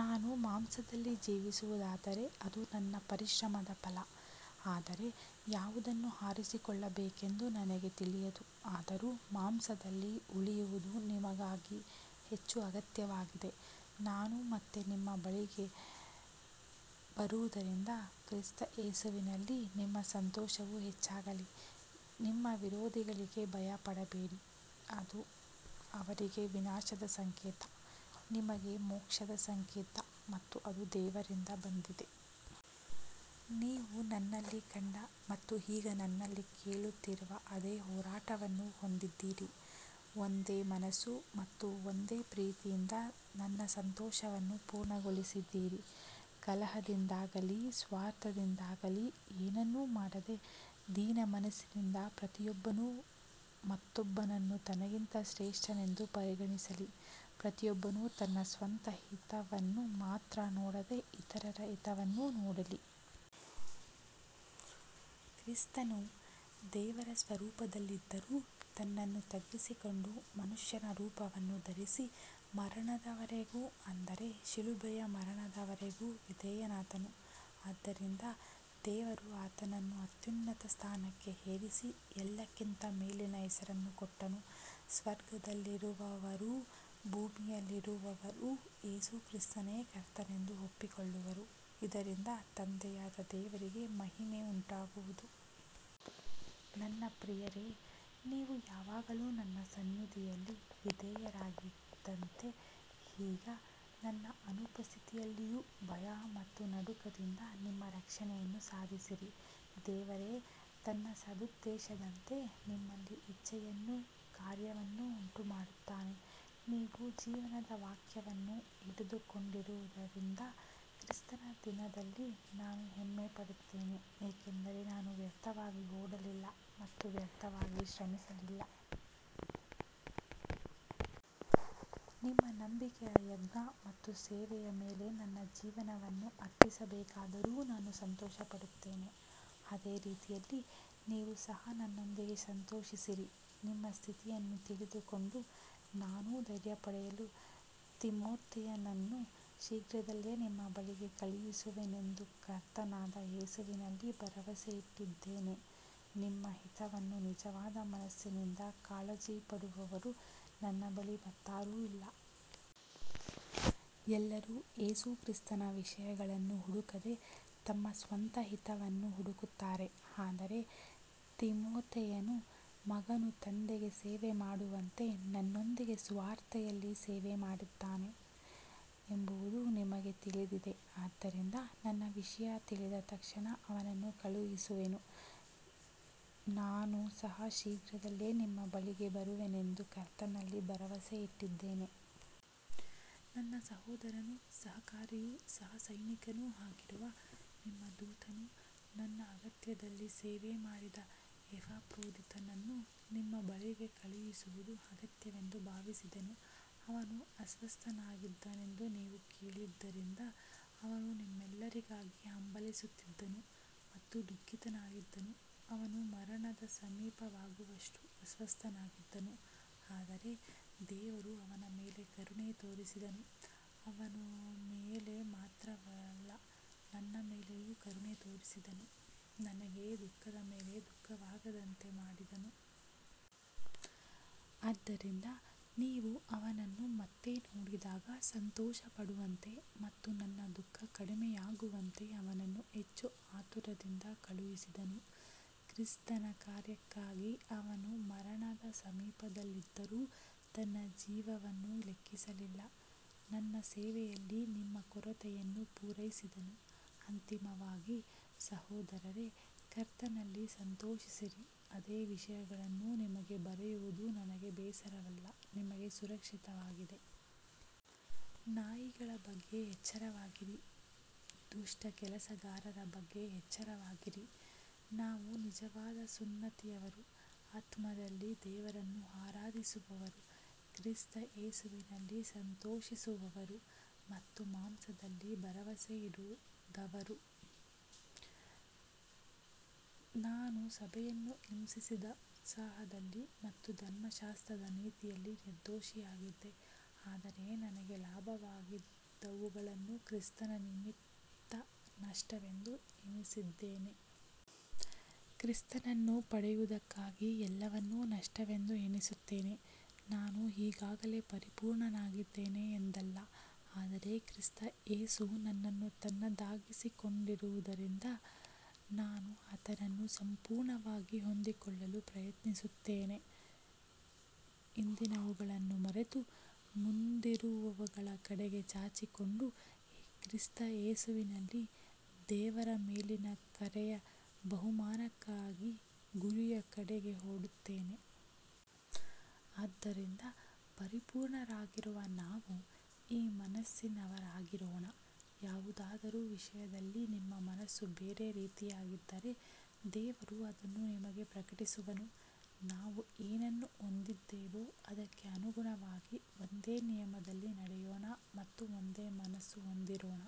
ನಾನು ಮಾಂಸದಲ್ಲಿ ಜೀವಿಸುವುದಾದರೆ ಅದು ನನ್ನ ಪರಿಶ್ರಮದ ಫಲ, ಆದರೆ ಯಾವುದನ್ನು ಆರಿಸಿಕೊಳ್ಳಬೇಕೆಂದು ನನಗೆ ತಿಳಿಯದು. ಆದರೂ ಮಾಂಸದಲ್ಲಿ ಉಳಿಯುವುದು ನಿಮಗಾಗಿ ಹೆಚ್ಚು ಅಗತ್ಯವಾಗಿದೆ. ನಾನು ಮತ್ತೆ ನಿಮ್ಮ ಬಳಿಗೆ ಬರುವುದರಿಂದ ಕ್ರಿಸ್ತ ಯೇಸುವಿನಲ್ಲಿ ನಿಮ್ಮ ಸಂತೋಷವು ಹೆಚ್ಚಾಗಲಿ. ನಿಮ್ಮ ವಿರೋಧಿಗಳಿಗೆ ಭಯಪಡಬೇಡಿ. ಅದು ಅವರಿಗೆ ವಿನಾಶದ ಸಂಕೇತ, ನಿಮಗೆ ಮೋಕ್ಷದ ಸಂಕೇತ ಮತ್ತು ಅದು ದೇವರಿಂದ ಬಂದಿದೆ. ನೀವು ನನ್ನಲ್ಲಿ ಕಂಡ ಮತ್ತು ಈಗ ನನ್ನಲ್ಲಿ ಕೇಳುತ್ತಿರುವ ಅದೇ ಹೋರಾಟವನ್ನು ಹೊಂದಿದ್ದೀರಿ. ಒಂದೇ ಮನಸ್ಸು ಮತ್ತು ಒಂದೇ ಪ್ರೀತಿಯಿಂದ ನನ್ನ ಸಂತೋಷವನ್ನು ಪೂರ್ಣಗೊಳಿಸಿರಿ. ಕಲಹದಿಂದಾಗಲಿ ಸ್ವಾರ್ಥದಿಂದಾಗಲಿ ಏನನ್ನೂ ಮಾಡದೆ, ದೀನಮನಸ್ಸಿನಿಂದ ಪ್ರತಿಯೊಬ್ಬನು ಮತ್ತೊಬ್ಬನನ್ನು ತನಗಿಂತ ಶ್ರೇಷ್ಠನೆಂದು ಪರಿಗಣಿಸಲಿ. ಪ್ರತಿಯೊಬ್ಬನು ತನ್ನ ಸ್ವಂತ ಹಿತವನ್ನು ಮಾತ್ರ ನೋಡದೆ ಇತರರ ಹಿತವನ್ನೂ ನೋಡಲಿ. ಕ್ರಿಸ್ತನು ದೇವರ ಸ್ವರೂಪದಲ್ಲಿದ್ದರೂ ತನ್ನನ್ನು ತಗ್ಗಿಸಿಕೊಂಡು ಮನುಷ್ಯನ ರೂಪವನ್ನು ಧರಿಸಿ, ಮರಣದವರೆಗೂ, ಅಂದರೆ ಶಿಲುಬೆಯ ಮರಣದವರೆಗೂ ವಿಧೇಯನಾದನು. ಆದ್ದರಿಂದ ದೇವರು ಆತನನ್ನು ಅತ್ಯುನ್ನತ ಸ್ಥಾನಕ್ಕೆ ಏರಿಸಿ, ಎಲ್ಲಕ್ಕಿಂತ ಮೇಲಿನ ಹೆಸರನ್ನು ಕೊಟ್ಟನು. ಸ್ವರ್ಗದಲ್ಲಿರುವವರೂ ಭೂಮಿಯಲ್ಲಿರುವವರೂ ಯೇಸು ಕ್ರಿಸ್ತನೇ ಕರ್ತನೆಂದು ಒಪ್ಪಿಕೊಳ್ಳುವರು, ಇದರಿಂದ ತಂದೆಯಾದ ದೇವರಿಗೆ ಮಹಿಮೆ ಉಂಟಾಗುವುದು. ನನ್ನ ಪ್ರಿಯರೇ, ನೀವು ಯಾವಾಗಲೂ ನನ್ನ ಸನ್ನಿಧಿಯಲ್ಲಿ ವಿಧೇಯರಾಗಿದ್ದಂತೆ ಈಗ ನನ್ನ ಅನುಪಸ್ಥಿತಿಯಲ್ಲಿಯೂ ಭಯ ಮತ್ತು ನಡುಕದಿಂದ ನಿಮ್ಮ ರಕ್ಷಣೆಯನ್ನು ಸಾಧಿಸಿರಿ. ದೇವರೇ ತನ್ನ ಸದುದ್ದೇಶದಂತೆ ನಿಮ್ಮಲ್ಲಿ ಇಚ್ಛೆಯನ್ನೂ ಕಾರ್ಯವನ್ನೂ ಉಂಟುಮಾಡುತ್ತಾನೆ. ನೀವು ಜೀವನದ ವಾಕ್ಯವನ್ನು ಹಿಡಿದುಕೊಂಡಿರುವುದರಿಂದ ಕ್ರಿಸ್ತನ ದಿನದಲ್ಲಿ ನಾನು ಹೆಮ್ಮೆಪಡುತ್ತೇನೆ, ಏಕೆಂದರೆ ನಾನು ವ್ಯರ್ಥವಾಗಿ ಓಡಲಿಲ್ಲ ಮತ್ತು ವ್ಯರ್ಥವಾಗಿ ಶ್ರಮಿಸಲಿಲ್ಲ. ನಿಮ್ಮ ನಂಬಿಕೆಯ ಯಜ್ಞ ಮತ್ತು ಸೇವೆಯ ಮೇಲೆ ನನ್ನ ಜೀವನವನ್ನು ಅರ್ಪಿಸಬೇಕಾದರೂ ನಾನು ಸಂತೋಷಪಡುತ್ತೇನೆ. ಅದೇ ರೀತಿಯಲ್ಲಿ ನೀವು ಸಹ ನನ್ನೊಂದಿಗೆ ಸಂತೋಷಿಸಿರಿ. ನಿಮ್ಮ ಸ್ಥಿತಿಯನ್ನು ತಿಳಿದುಕೊಂಡು ನಾನೂ ಧೈರ್ಯಪಡೆಯಲು ತಿಮೊಥೆಯನನ್ನು ಶೀಘ್ರದಲ್ಲೇ ನಿಮ್ಮ ಬಳಿಗೆ ಕಳುಹಿಸುವೆನೆಂದು ಕರ್ತನಾದ ಯೇಸುವಿನಲ್ಲಿ ಭರವಸೆಯಿಟ್ಟಿದ್ದೇನೆ. ನಿಮ್ಮ ಹಿತವನ್ನು ನಿಜವಾದ ಮನಸ್ಸಿನಿಂದ ಕಾಳಜಿಪಡುವವರು ನನ್ನ ಬಳಿ ಮತ್ತಾರೂ ಇಲ್ಲ. ಎಲ್ಲರೂ ಯೇಸು ಕ್ರಿಸ್ತನ ವಿಷಯಗಳನ್ನು ಹುಡುಕದೆ ತಮ್ಮ ಸ್ವಂತ ಹಿತವನ್ನು ಹುಡುಕುತ್ತಾರೆ. ಆದರೆ ತಿಮೊಥೆಯನು ಮಗನು ತಂದೆಗೆ ಸೇವೆಮಾಡುವಂತೆ ನನ್ನೊಂದಿಗೆ ಸುವಾರ್ತೆಯಲ್ಲಿ ಸೇವೆಮಾಡಿದ್ದಾನೆ ಎಂಬುದು ನಿಮಗೆ ತಿಳಿದಿದೆ. ಆದ್ದರಿಂದ ನನ್ನ ವಿಷಯ ತಿಳಿದ ತಕ್ಷಣ ಅವನನ್ನು ಕಳುಹಿಸುವೆನು. ನಾನು ಸಹ ಶೀಘ್ರದಲ್ಲೇ ನಿಮ್ಮ ಬಳಿಗೆ ಬರುವೆನೆಂದು ಕರ್ತನಲ್ಲಿ ಭರವಸೆಯಿಟ್ಟಿದ್ದೇನೆ. ನನ್ನ ಸಹೋದರನೂ ಸಹಕಾರಿಯೂ ಸಹಸೈನಿಕನೂ ಆಗಿರುವ, ನಿಮ್ಮ ದೂತನೂ ನನ್ನ ಅಗತ್ಯದಲ್ಲಿ ಸೇವೆಮಾಡಿದ ಎಪಾಫ್ರೋದಿತನನ್ನು ನಿಮ್ಮ ಬಳಿಗೆ ಕಳುಹಿಸುವುದು ಅಗತ್ಯವೆಂದು ಭಾವಿಸಿದೆನು. ಅವನು ಅಸ್ವಸ್ಥನಾಗಿದ್ದನೆಂದು ನೀವು ಕೇಳಿದ್ದರಿಂದ ಅವನು ನಿಮ್ಮೆಲ್ಲರಿಗಾಗಿ ಹಂಬಲಿಸುತ್ತಿದ್ದನು ಮತ್ತು ದುಃಖಿತನಾಗಿದ್ದನು. ಅವನು ಮರಣದ ಸಮೀಪವಾಗುವಷ್ಟು ಅಸ್ವಸ್ಥನಾಗಿದ್ದನು. ಆದರೆ ದೇವರು ಅವನ ಮೇಲೆ ಕರುಣೆ ತೋರಿಸಿದನು, ಅವನ ಮೇಲೆ ಮಾತ್ರವಲ್ಲ ನನ್ನ ಮೇಲೆಯೂ ಕರುಣೆ ತೋರಿಸಿದನು, ನನಗೆ ದುಃಖದ ಮೇಲೆ ದುಃಖವಾಗದಂತೆ ಮಾಡಿದನು. ಆದ್ದರಿಂದ ನೀವು ಅವನನ್ನು ಮತ್ತೆ ನೋಡಿದಾಗ ಸಂತೋಷಪಡುವಂತೆ ಮತ್ತು ನನ್ನ ದುಃಖ ಕಡಿಮೆಯಾಗುವಂತೆ ಅವನನ್ನು ಹೆಚ್ಚು ಆತುರದಿಂದ ಕಳುಹಿಸಿದೆನು. ಕ್ರಿಸ್ತನ ಕಾರ್ಯಕ್ಕಾಗಿ ಅವನು ಮರಣದ ಸಮೀಪದಲ್ಲಿದ್ದರೂ ತನ್ನ ಜೀವವನ್ನು ಲೆಕ್ಕಿಸಲಿಲ್ಲ, ನನ್ನ ಸೇವೆಯಲ್ಲಿ ನಿಮ್ಮ ಕೊರತೆಯನ್ನು ಪೂರೈಸಿದನು. ಅಂತಿಮವಾಗಿ, ಸಹೋದರರೇ, ಕರ್ತನಲ್ಲಿ ಸಂತೋಷಿಸಿರಿ. ಅದೇ ವಿಷಯಗಳನ್ನು ನಿಮಗೆ ಬರೆಯುವುದು ನನಗೆ ಬೇಸರವಲ್ಲ, ನಿಮಗೆ ಸುರಕ್ಷಿತವಾಗಿದೆ. ನಾಯಿಗಳ ಬಗ್ಗೆ ಎಚ್ಚರವಾಗಿರಿ, ದುಷ್ಟ ಕೆಲಸಗಾರರ ಬಗ್ಗೆ ಎಚ್ಚರವಾಗಿರಿ. ನಾವು ನಿಜವಾದ ಸುನ್ನತಿಯವರು, ಆತ್ಮದಲ್ಲಿ ದೇವರನ್ನು ಆರಾಧಿಸುವವರು, ಕ್ರಿಸ್ತ ಯೇಸುವಿನಲ್ಲಿ ಸಂತೋಷಿಸುವವರು ಮತ್ತು ಮಾಂಸದಲ್ಲಿ ಭರವಸೆಯಿಡದವರು. ನಾನು ಸಭೆಯನ್ನು ಹಿಂಸಿಸಿದ ಉತ್ಸಾಹದಲ್ಲಿ ಮತ್ತು ಧರ್ಮಶಾಸ್ತ್ರದ ನೀತಿಯಲ್ಲಿ ನಿರ್ದೋಷಿಯಾಗಿದ್ದೆ. ಆದರೆ ನನಗೆ ಲಾಭವಾಗಿದ್ದವುಗಳನ್ನು ಕ್ರಿಸ್ತನ ನಿಮಿತ್ತ ನಷ್ಟವೆಂದು ಎಣಿಸಿದ್ದೇನೆ. ಕ್ರಿಸ್ತನನ್ನು ಪಡೆಯುವುದಕ್ಕಾಗಿ ಎಲ್ಲವನ್ನೂ ನಷ್ಟವೆಂದು ಎಣಿಸುತ್ತೇನೆ. ನಾನು ಈಗಾಗಲೇ ಪರಿಪೂರ್ಣನಾಗಿದ್ದೇನೆ ಎಂದಲ್ಲ, ಆದರೆ ಕ್ರಿಸ್ತ ಯೇಸು ನನ್ನನ್ನು ತನ್ನದಾಗಿಸಿಕೊಂಡಿರುವುದರಿಂದ ನಾನು ಆತನನ್ನು ಸಂಪೂರ್ಣವಾಗಿ ಹೊಂದಿಕೊಳ್ಳಲು ಪ್ರಯತ್ನಿಸುತ್ತೇನೆ. ಹಿಂದಿನವುಗಳನ್ನು ಮರೆತು ಮುಂದಿರುವವುಗಳ ಕಡೆಗೆ ಚಾಚಿಕೊಂಡು, ಕ್ರಿಸ್ತ ಯೇಸುವಿನಲ್ಲಿ ದೇವರ ಮೇಲಿನ ಕರೆಯ ಬಹುಮಾನಕ್ಕಾಗಿ ಗುರಿಯ ಕಡೆಗೆ ಓಡುತ್ತೇನೆ. ಆದ್ದರಿಂದ ಪರಿಪೂರ್ಣರಾಗಿರುವ ನಾವು ಈ ಮನಸ್ಸಿನವರಾಗಿರೋಣ. ಯಾವುದಾದರೂ ವಿಷಯದಲ್ಲಿ ನಿಮ್ಮ ಮನಸ್ಸು ಬೇರೆ ರೀತಿಯಾಗಿದ್ದರೆ ದೇವರು ಅದನ್ನೂ ನಿಮಗೆ ಪ್ರಕಟಿಸುವನು. ನಾವು ಏನನ್ನು ಹೊಂದಿದ್ದೇವೋ ಅದಕ್ಕೆ ಅನುಗುಣವಾಗಿ ಒಂದೇ ನಿಯಮದಲ್ಲಿ ನಡೆಯೋಣ ಮತ್ತು ಒಂದೇ ಮನಸ್ಸು ಹೊಂದಿರೋಣ.